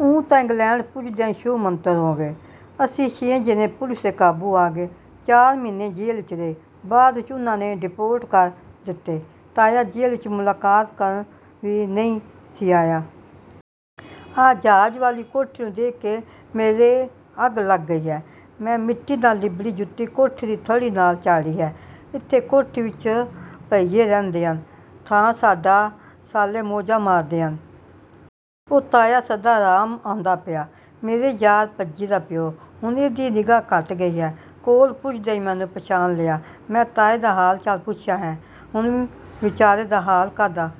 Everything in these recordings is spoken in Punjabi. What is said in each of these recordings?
ਉਹ ਤਾਂ ਇੰਗਲੈਂਡ ਪੁੱਜਦਿਆਂ ਈ ਛੂ-ਮੰਤਰ ਹੋ ਗਏ। ਅਸੀਂ ਛੇ ਜਣੇ ਪੁਲਿਸ ਦੇ ਕਾਬੂ ਆ ਗਏ। ਚਾਰ ਮਹੀਨੇ ਜੇਲ੍ਹ ਵਿੱਚ ਰਹੇ। ਬਾਅਦ ਵਿੱਚ ਉਨ੍ਹਾਂ ਨੇ ਡੀਪੋਰਟ ਕਰ ਦਿੱਤੇ। ਤਾਇਆ ਜੇਲ੍ਹ ਵਿੱਚ ਮੁਲਾਕਾਤ ਕਰਨ ਵੀ ਨਈਂ ਸੀ ਆਇਆ। ਆਹ ਜਹਾਜ਼ ਵਾਲੀ ਕੋਠੀ ਨੂੰ ਦੇਖ ਕੇ ਮੇਰੇ ਅੱਗ ਲੱਗ ਗਈ ਹੈ। ਮੈਂ ਮਿੱਟੀ ਨਾਲ ਲਿਬੜੀ ਜੁੱਤੀ ਕੋਠੀ ਦੀ ਥੜ੍ਹੀ ਨਾਲ ਝਾੜੀ ਹੈ। ਇੱਥੇ ਕੋਠੀ ਵਿੱਚ ਭਈਏ ਰਹਿੰਦੇ ਹਨ। ਥਾਂ ਸਾਡਾ…। ਸਾਲੇ ਮੌਜਾਂ ਮਾਣਦੇ ਹਨ। ਉਹ ਤਾਇਆ ਸਦਾ ਰਾਮ ਆਉਂਦਾ ਪਿਆ। ਮੇਰੇ ਯਾਰ ਭੱਜੀ ਦਾ ਪਿਓ। ਹੁਣ ਇਹਦੀ ਨਿਗ੍ਹਾ ਘੱਟ ਗਈ ਹੈ। ਕੋਲ ਪੁੱਜਦਿਆਂ ਹੀ ਮੈਨੂੰ ਪਛਾਣ ਲਿਆ। ਮੈਂ ਤਾਏ ਦਾ ਹਾਲ ਚਾਲ ਪੁੱਛਿਆ ਹੈ। ਹੁਣ ਵਿਚਾਰੇ ਦਾ ਹਾਲ ਕਾਹਦਾ।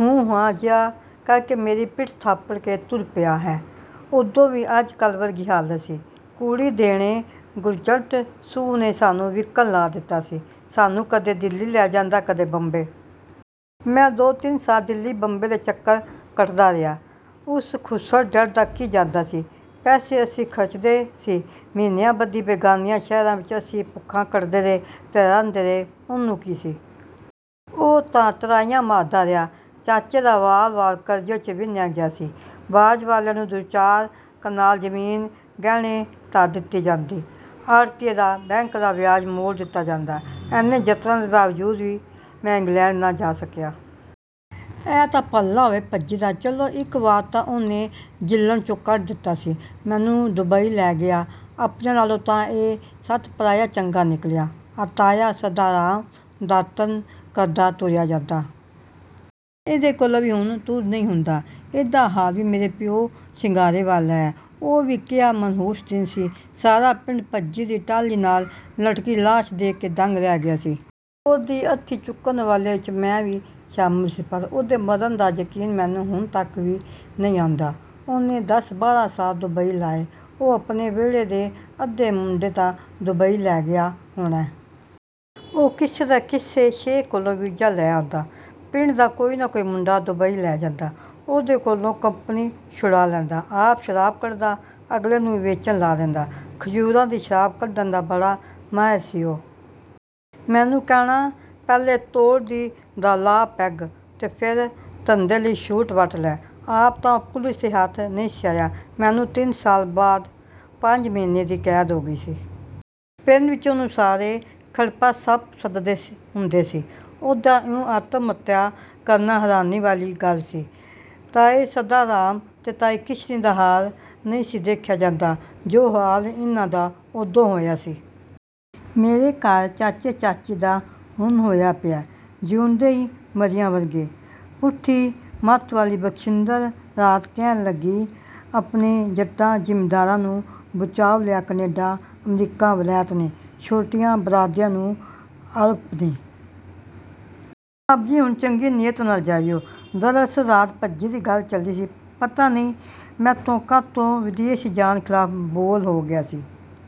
'ਹੂੰ-ਹਾਂ' ਜਿਹਾ ਕਰਕੇ ਮੇਰੀ ਪਿੱਠ ਥਾਪੜ ਕੇ ਤੁਰ ਪਿਆ ਹੈ। ਉਦੋਂ ਵੀ ਅੱਜ ਕੱਲ੍ਹ ਵਰਗੀ ਹਾਲਤ ਸੀ। ਕੁੜੀ ਦੇਣੇ… ਗੁਰਜੰਟ ਸੁੰਹ ਨੇ ਸਾਨੂੰ ਵਿਕਣ ਲਾ ਦਿੱਤਾ ਸੀ। ਸਾਨੂੰ ਕਦੇ ਦਿੱਲੀ ਲੈ ਜਾਂਦਾ, ਕਦੇ ਬੰਬੇ। ਮੈਂ ਦੋ-ਤਿੰਨ ਸਾਲ ਦਿੱਲੀ-ਬੰਬੇ ਦੇ ਚੱਕਰ ਕੱਟਦਾ ਰਿਹਾ। ਉਸ ਖੁੱਸੜ ਜੱਟ ਦਾ ਕੀ ਜਾਂਦਾ ਸੀ। ਪੈਸੇ ਅਸੀਂ ਖਰਚਦੇ ਸੀ। ਮਹੀਨਿਆਂ ਬੱਧੀ ਬੇਗਾਨਿਆਂ ਸ਼ਹਿਰਾਂ ਵਿੱਚ ਅਸੀਂ ਭੁੱਖਾਂ ਕੱਟਦੇ ਰਹੇ, ਤਿਰਹਾਏ ਰਹੇ, ਉਹਨੂੰ ਕੀ ਸੀ? ਉਹ ਤਾਂ ਟਰਾਈਆਂ ਮਰਵਾਉਂਦਾ ਰਿਹਾ। ਚਾਚੇ ਦਾ ਵਾਲ-ਵਾਲ ਕਰਜ਼ੇ ਵਿੱਚ ਵਿਨ੍ਹਿਆਂ ਗਿਆ ਸੀ। ਬਾਜ਼ ਵਾਲਿਆਂ ਨੂੰ ਦੋ ਚਾਰ ਕਨਾਲ ਜ਼ਮੀਨ ਗਹਿਣੇ ਧਰ ਦਿੱਤੀ ਜਾਂਦੀ। ਆੜ੍ਹਤੀਏ ਦਾ… ਬੈਂਕ ਦਾ ਵਿਆਜ਼ ਮੋੜ ਦਿੱਤਾ ਜਾਂਦਾ। ਐਨੇ ਯਤਨਾਂ ਦੇ ਬਾਵਜੂਦ ਵੀ ਮੈਂ ਇੰਗਲੈਂਡ ਨਾ ਜਾ ਸਕਿਆ। ਇਹ ਤੇ ਭਲਾ ਹੋਵੇ ਭੱਜੀ ਦਾ। ਚਲੋ ਇੱਕ ਵਾਰ ਤਾਂ ਉਹਨੇ ਜਿੱਲਣ੍ਹ 'ਚੋਂ ਕੱਢ ਦਿੱਤਾ ਸੀ। ਮੈਨੂੰ ਡੁਬਈ ਲੈ ਗਿਆ। ਆਪਣਿਆਂ ਨਾਲੋਂ ਤਾਂ ਇਹ ਸੱਤ ਪਰਾਇਆ ਚੰਗਾ ਨਿਕਲਿਆ। ਆਹ ਤਾਇਆ ਸਦਾ ਰਾਮ ਦਾਤਣ ਕਰਦਾ ਤੁਰਿਆ ਜਾਂਦਾ। ਇਹਦੇ ਕੋਲੋਂ ਵੀ ਹੁਣ ਤੁਰ ਨਈਂ ਹੁੰਦਾ। ਇਹਦਾ ਹਾਲ ਵੀ ਮੇਰੇ ਪਿਓ ਸ਼ਿੰਗਾਰੇ ਵਾਲਾ ਹੈ। ਉਹ ਵੀ ਕੇਹਾ ਮਨਹੂਸ ਦਿਨ ਸੀ। ਸਾਰਾ ਪਿੰਡ ਭੱਜੀ ਦੀ ਟਾਹਲੀ ਨਾਲ ਲਟਕਦੀ ਲਾਸ਼ ਦੇਖ ਕੇ ਦੰਗ ਰਹਿ ਗਿਆ ਸੀ। ਉਹਦੀ ਅਰਥੀ ਚੁੱਕਣ ਵਾਲਿਆਂ ਵਿੱਚ ਮੈਂ ਵੀ ਸ਼ਾਮਿਲ ਸੀ। ਪਰ ਉਹਦੇ ਮਰਨ ਦਾ ਯਕੀਨ ਮੈਨੂੰ ਹੁਣ ਤੱਕ ਵੀ ਨਈਂ ਆਉਂਦਾ। ਉਹਨੇ ਦਸ-ਬਾਰ੍ਹਾਂ ਸਾਲ ਡੁਬਈ ਲਾਏ। ਉਹ ਆਪਣੇ ਵਿਹੜੇ ਦੇ ਅੱਧੇ ਮੁੰਡੇ ਤਾਂ ਡੁਬਈ ਲੈ ਗਿਆ ਹੋਣਾ। ਉਹ ਕਿਸੇ ਨਾ ਕਿਸੇ ਸ਼ੇਖ ਕੋਲੋਂ ਵੀਜ਼ਾ ਲੈ ਆਉਂਦਾ। ਪਿੰਡ ਦਾ ਕੋਈ ਨਾ ਕੋਈ ਮੁੰਡਾ ਦੁਬਈ ਲੈ ਜਾਂਦਾ। ਉਹਦੇ ਕੋਲੋਂ ਕੰਪਨੀ ਛੁਡਾ ਲੈਂਦਾ। ਆਪ ਸ਼ਰਾਬ ਕੱਢਦਾ। ਅਗਲੇ ਨੂੰ ਵੇਚਣ ਲਾ ਲੈਂਦਾ। ਖਜ਼ੂਰਾਂ ਦੀ ਸ਼ਰਾਬ ਕੱਢਣ ਦਾ ਬੜਾ ਮਾਹਿਰ ਸੀ ਉਹ। ਮੈਨੂੰ ਕਹਿਣਾ… "ਪਹਿਲੇ ਤੋੜ ਦੀ ਦਾ ਲਾ ਪੈੱਗ। ਤੇ ਫੇਰ ਧੰਦੇ ਲਈ ਸ਼ੂਟ ਵੱਟ ਲੈ। " ਆਪ ਤਾਂ ਉਹ ਪੁਲਿਸ ਦੇ ਹੱਥ ਨਈਂ ਸੀ ਆਇਆ। ਮੈਨੂੰ ਤਿੰਨ ਸਾਲ ਬਾਅਦ ਪੰਜ ਮਹੀਨੇ ਦੀ ਕੈਦ ਹੋ ਗਈ ਸੀ। ਪਿੰਡ ਵਿੱਚ ਉਹਨੂੰ ਸਾਰੇ 'ਖੜੱਪਾ ਸੱਪ' ਸੱਦਦੇ ਹੁੰਦੇ ਸੀ। ਉਹਦਾ ਇਉਂ ਆਤਮ-ਹੱਤਿਆ ਕਰਨਾ ਹੈਰਾਨੀ ਵਾਲੀ ਗੱਲ ਸੀ। ਤਾਏ ਸਦਾ ਰਾਮ ਤੇ ਤਾਈ ਕਿਸ਼ਨੀ ਦਾ ਹਾਲ ਨਈਂ ਸੀ ਦੇਖਿਆ ਜਾਂਦਾ। ਜੋ ਹਾਲ ਇਨ੍ਹਾਂ ਦਾ ਉਦੋਂ ਹੋਇਆ ਸੀ। ਮੇਰੇ ਘਰ ਚਾਚੇ ਚਾਚੀ ਦਾ ਹੁਣ ਹੋਇਆ ਪਿਆ। ਜੀਉਂਦੇ ਵੀ ਮਰਿਆਂ ਵਰਗੇ। ਪੁੱਠੀ ਮੱਤ ਵਾਲੀ ਬਖਸ਼ਿੰਦਰ ਰਾਤ ਕਹਿਣ ਲੱਗੀ। "ਆਪਣੇ ਜੱਟਾਂ ਜ਼ਿਮੀਦਾਰਾਂ ਨੂੰ ਬਚਾਅ ਲਿਆ ਕਨੈਡਾ, ਅਮਰੀਕਾ, ਵਲੈਤ ਨੇ। ਛੋਟੀਆਂ ਬਰਾਦਰੀਆਂ ਨੂੰ ਅਰਬ ਨੇ।… ਸਾਹਿਬ ਜੀ, ਹੁਣ ਚੰਗੀ ਨੀਅਤ ਨਾਲ ਜਾਇਓ। " ਦਰਅਸਲ ਰਾਤ ਭੱਜੀ ਦੀ ਗੱਲ ਚੱਲੀ ਸੀ। ਪਤਾ ਨਈਂ ਮੈਤੋਂ ਕਾਹਤੋਂ ਵਿਦੇਸ਼ ਜਾਣ ਖਿਲਾਫ਼ ਬੋਲ ਹੋ ਗਿਆ ਸੀ।